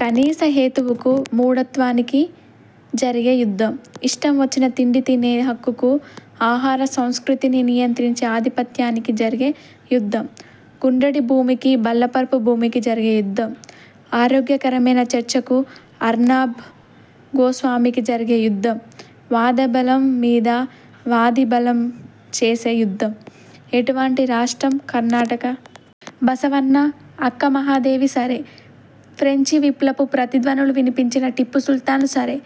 కనీస హేతువుకు, మూఢత్వానికి జరిగే యుద్ధం. ఇష్టం వచ్చిన తిండి తినే హక్కుకు, ఆహారసంస్కృతిని నియంత్రించే ఆధిపత్యానికి జరిగే యుద్ధం. గుండ్రటి భూమికీ బల్లపరుపు భూమికీ జరిగే యుద్ధం. ఆరోగ్యకరమైన చర్చకూ అర్నబ్ గోస్వామికీ జరిగే యుద్ధం. వాదబలం మీద వాదిబలం చేసే యుద్ధం. ఎటువంటి రాష్ట్రం కర్ణాటక? బసవణ్ణ, అక్కమహాదేవి సరే. ఫ్రెంచి విప్లవపు ప్రతిధ్వనులు వినిపించిన టిప్పుసుల్తాన్ సరే,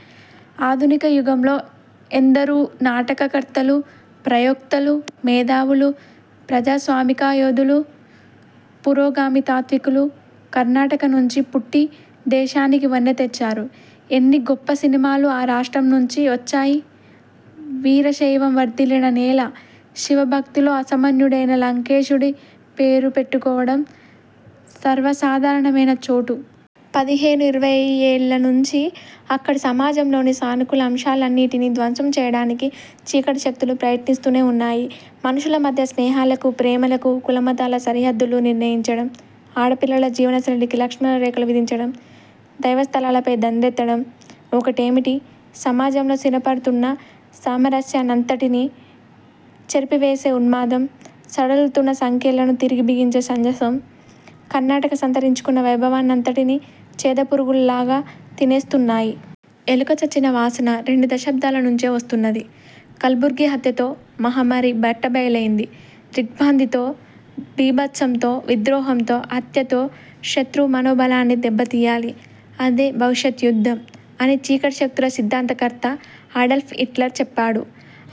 ఆధునిక యుగంలో ఎందరు నాటకకర్తలు, ప్రయోక్తలు, మేధావులు, ప్రజాస్వామికయోధులు, పురోగామి తాత్వికులు కర్ణాటక నుంచి పుట్టి దేశానికి వన్నె తెచ్చారు. ఎన్ని గొప్ప సినిమాలు ఆ రాష్ట్రం నుంచి వచ్చాయి? వీరశైవం వర్ధిల్లిన నేల, శివభక్తిలో అసామాన్యుడైన లంకేశుడి పేరు పెట్టుకోవడం సర్వసాధారణమైన చోటు. పదిహేను ఇరవయ్యేళ్ల నుంచి అక్కడి సమాజంలోని సానుకూల అంశాలన్నిటినీ ధ్వంసం చేయడానికి చీకటిశక్తులు ప్రయత్నిస్తూనే ఉన్నాయి. మనుషుల మధ్య స్నేహాలకు, ప్రేమలకు కులమతాల సరిహద్దులు నిర్ణయించడం, ఆడపిల్లల జీవనసరళికి లక్ష్మణరేఖలు విధించడం, దైవస్థలాలపై దండెత్తడం, ఒకటేమిటి, సమాజంలో స్థిరపడుతున్న సామరస్యాన్నంతటినీ చెరిపివేసే ఉన్మాదం, సడలుతున్న సంకెళ్లను తిరిగి బిగించే ఛాందసం-– కర్ణాటక సంతరించకున్న వైభవాన్నంతటినీ చెదపురుగుల్లాగా తినేస్తున్నాయి. ఎలుక చచ్చిన వాసన రెండు దశాబ్దాల నుంచే వస్తున్నది. కల్బుర్గి హత్యతో మహమ్మారి బట్టబయలయింది. ''దిగ్ర్భాంతితో, బీభత్సంతో, విద్రోహంతో, హత్యతో శత్రువు మనోబలాన్ని దెబ్బతీయాలి, అదే భవిష్యత్ యుద్ధం''- అని చీకటిశక్తుల సిద్ధాంతకర్త అడాల్ఫ్ హిట్లర్ చెప్పాడు.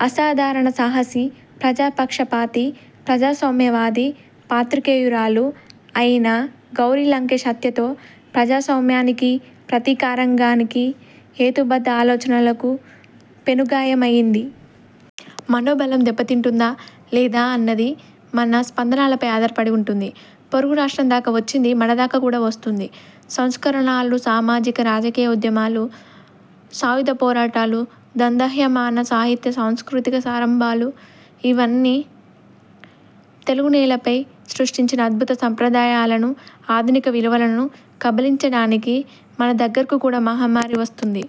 అసాధారణ సాహసి, ప్రజాపక్షపాతి, ప్రజాస్వామ్యవాది, పాత్రికేయురాలు అయిన గౌరీ లంకేశ్ హత్యతో ప్రజాస్వామ్యానికి, పత్రికారంగానికి, హేతుబద్ధ ఆలోచనలకు పెనుగాయం అయింది. మనోబలం దెబ్బతింటుందా లేదా అన్నది మన స్పందనలపై ఆధారపడి ఉంటుంది. పొరుగు రాష్ట్రం దాకా వచ్చింది, మన దాకా కూడా వస్తుంది. సంస్కరణలు, సామాజిక, రాజకీయ ఉద్యమాలు, సాయుధపోరాటాలు, దందహ్యమాన సాహిత్య సాంస్కృతిక సంరంభాలు- ఇవన్నీ తెలుగునేలపై సృష్టించిన అద్భుత సంప్రదాయాలను, ఆధునిక విలువలను కబళించడానికి మన దగ్గరకు కూడా మహమ్మారి వస్తుంది.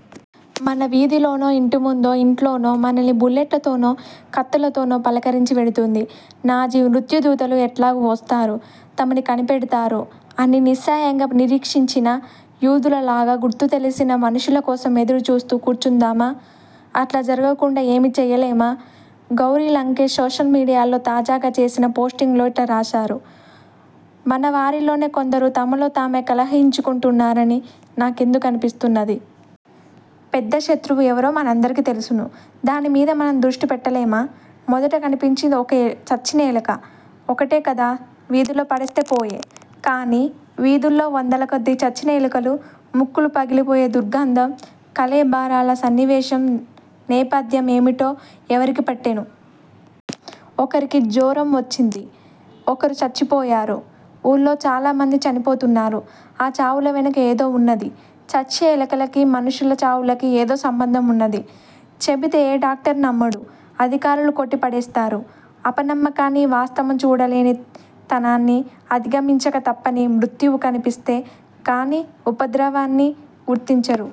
మన వీధిలోనో, ఇంటి ముందో, ఇంట్లోనో మనల్ని బుల్లెట్లతోనో, కత్తులతోనో పలకరించి వెడుతుంది. నాజీ మృత్యుదూతలు ఎట్లాగూ వస్తారు, తమని కనిపెడతారు అని నిస్సహాయంగా నిరీక్షించిన యూదులలాగా గుర్తు తెలిసిన మనుషుల కోసం ఎదురుచూస్తూ కూర్చుందామా? అట్లా జరగకుండా ఏమీ చేయలేమా? గౌరీ లంకేశ్ సోషల్మీడియాలో తాజాగా చేసిన పోస్టింగ్లో ఇట్లా రాశారు:'మన'వారిలోనే కొందరు తమలోతామే కలహించుకుంటున్నారని నాకెందుకు అనిపిస్తున్నది? 'పెద్ద శత్రువు' ఎవరో మనందరికీ తెలుసును. దాని మీద మనం దృష్టి పెట్టలేమా? ''మొదట కనిపించింది ఒక చచ్చిన ఎలక. ఒకటే కదా, వీధిలో పడేస్తే పోయె. కానీ, వీధుల్లో వందల కొద్దీ చచ్చిన ఎలుకలు. ముక్కులు పగిలిపోయే దుర్గంధం. కళేబరాల సన్నివేశం నేపథ్యం ఏమిటో ఎవరికి పట్టేను? ఒకరికి జొరం వచ్చింది. ఒకరు చచ్చిపోయారు. ఊళ్లో చాలా మంది చనిపోతున్నారు. ఆ చావుల వెనుక ఏదో ఉన్నది. చచ్చే ఎలకలకీ మనుషుల చావులకీ ఏదో సంబంధం ఉన్నది. చెబితే ఏ డాక్టరూ నమ్మడు, అధికారులు కొట్టి పడేస్తారు. అపనమ్మకాన్ని, వాస్తవం చూడలేని తనాన్ని అధిగమించక తప్పని మృత్యువు కనిపిస్తే కానీ, ఉపద్రవాన్ని గుర్తించరు.